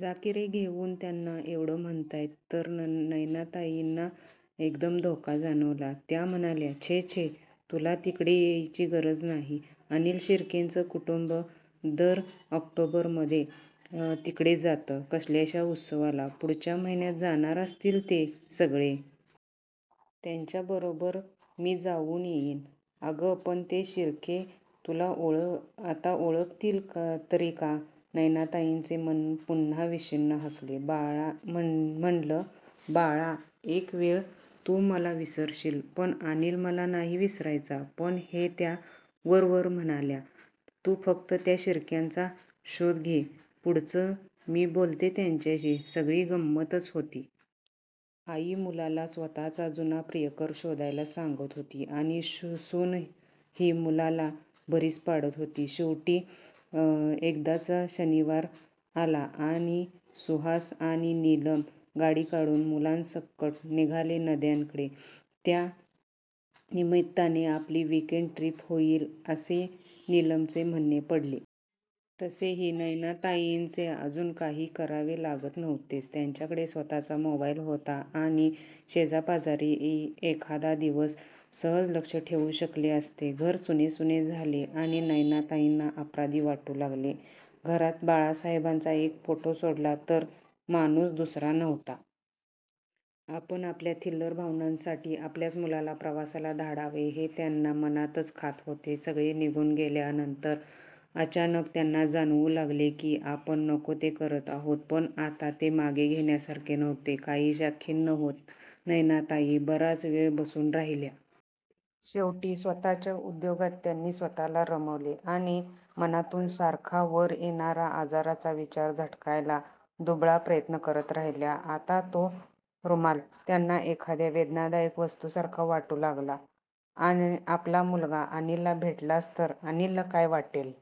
"जा की रे घेऊन त्यांना! एवढं म्हणतायत तर"नयनाताईंना एकदम धोका जाणवला, त्या म्हणाल्या"छे छे! तुला तिकडे यायची गरजच नाही. अनिल शिर्केचं कुटुंब दर ऑक्टोबरमध्ये तिकडे जातं कसल्याश्या उत्सवाला. पुढच्या महिन्यात जाणार असतील ते सगळे. त्यांच्याबरोबरच मी जाऊन येईन""अगं पण ते शिर्के तुला आता ओळखतील तरी का? "नयनाताईंचं मन पुन्हा विषण्ण हसलं! म्हणालं, बाळा, एकवेळ तू मला विसरशील पण अनिल मला नाही विसरायचा! पण त्या वरवर म्हणाल्या"तू फक्त त्या शिर्क्यांचा शोध घे, पुढचं मी बोलते त्यांच्याशी"सगळी गंमतच होती. आई मुलाला स्वतःच जुना प्रियकर शोधायला सांगत होती आणि सूनही मुलाला भरीस पाडत होती. शेवटी एकदाच शनिवार आला आणि सुहास आणि निलम गाडी काढून मुलांसकट निघाले नांद्याकडे! त्या निमित्ताने आपली वीकएण्ड ट्रिप होईल असे निलमचे म्हणणे पडले. तसेही नयनाताईंचे अजून काही करावे लागत नव्हतेच. त्यांच्याकडे स्वतःच मोबाईलही होता आणि शेजारीपाजारीही एखादा दिवस लक्ष सहज ठेवू शकले असते. घर सुनेसुने झाले आणि नयनाताईंना अपराधी वाटू लागले. घरात बाळासहेबांचा एक फोटो सोडला तर माणूस दुसरा नव्हता. आपण आपल्या थिल्लर भावनांसाठी आपल्याच मुलाला प्रवासाला धाडावे हे त्यांना मनातच खात होते. सगळे निघून गेल्यानंतर अचानक त्यांना जाणवू लागले की आपण नको ते करत आहोत. पण आता ते मागे घेण्यासारखे नव्हते. काहीश्या खिन्न होत नयनाताई बराच वेळ बसून राहिल्या. शेवटी स्वतःच्या उद्योगात त्यांनी स्वतःला रमवले आणि मनातून सारखा वर येणारा आजाराचा विचार झटकायचा दुबळा प्रयत्न करत राहिल्या. आता तो रुमाल त्यांना एखाद्या वेदनादायक वस्तूसारखा वाटू लागला. आपला मुलगा अनिलला भेटलाच तर अनिलला काय वाटेल?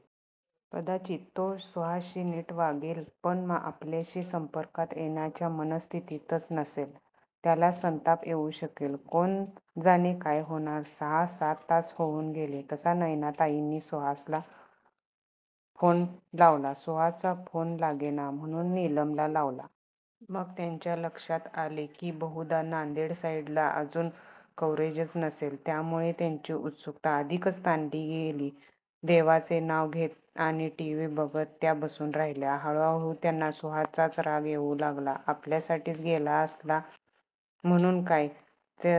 कदाचित तो सुहासशी नीट वागेल पण आपल्याशी संपर्कात येण्याच्या मनस्थितीतच नसेल. त्याला संताप येऊ शकेल. कोण जाणे काय होणार! सहा, सात तास होऊन गेले तसा नयनाताईंनी सुहासला फोन लावला. सुहासचा फोन लागेना म्हणून निलमला लावला. मग त्यांच्या लक्षात आले की बहुधा नांदेसाईडला अजून कव्हरेजच नसेल. त्यामुळे त्यांची उत्सुकता अधिकच ताणली गेली. देवाचे नांव घेत आणि टीव्ही बघत त्या बसून राहिल्या. हळूहळू त्यांना सुहासचाच राग येऊ लागला. आपल्यासाठीच गेला असला म्हणून काय,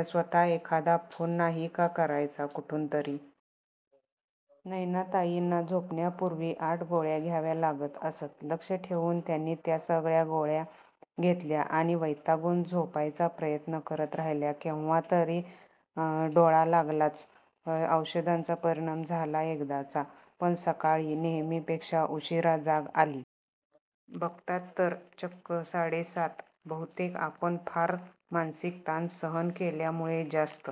स्वतः एखादा फोन नाही का करायचा कुठूनतरी! नयनाताईंना झोपण्यापूर्वी आठ गोळ्या घ्याव्या लागत असत. लक्षात ठेवून त्यांनी त्या सगळ्या गोळ्या घेतल्या आणि वैतागून झोपायचा प्रयत्न करत राहिल्या. केव्हातरी डोळा लागलाच, औषधांचा परिणाम झाला एकदाचा! पण सकाळी नेहमीपेक्षा उशीरा जाग आली. बघतात तर चक्क साडे सात! बहुतेक आपण फार मानसिक ताण सहन केल्यामुळे जास्त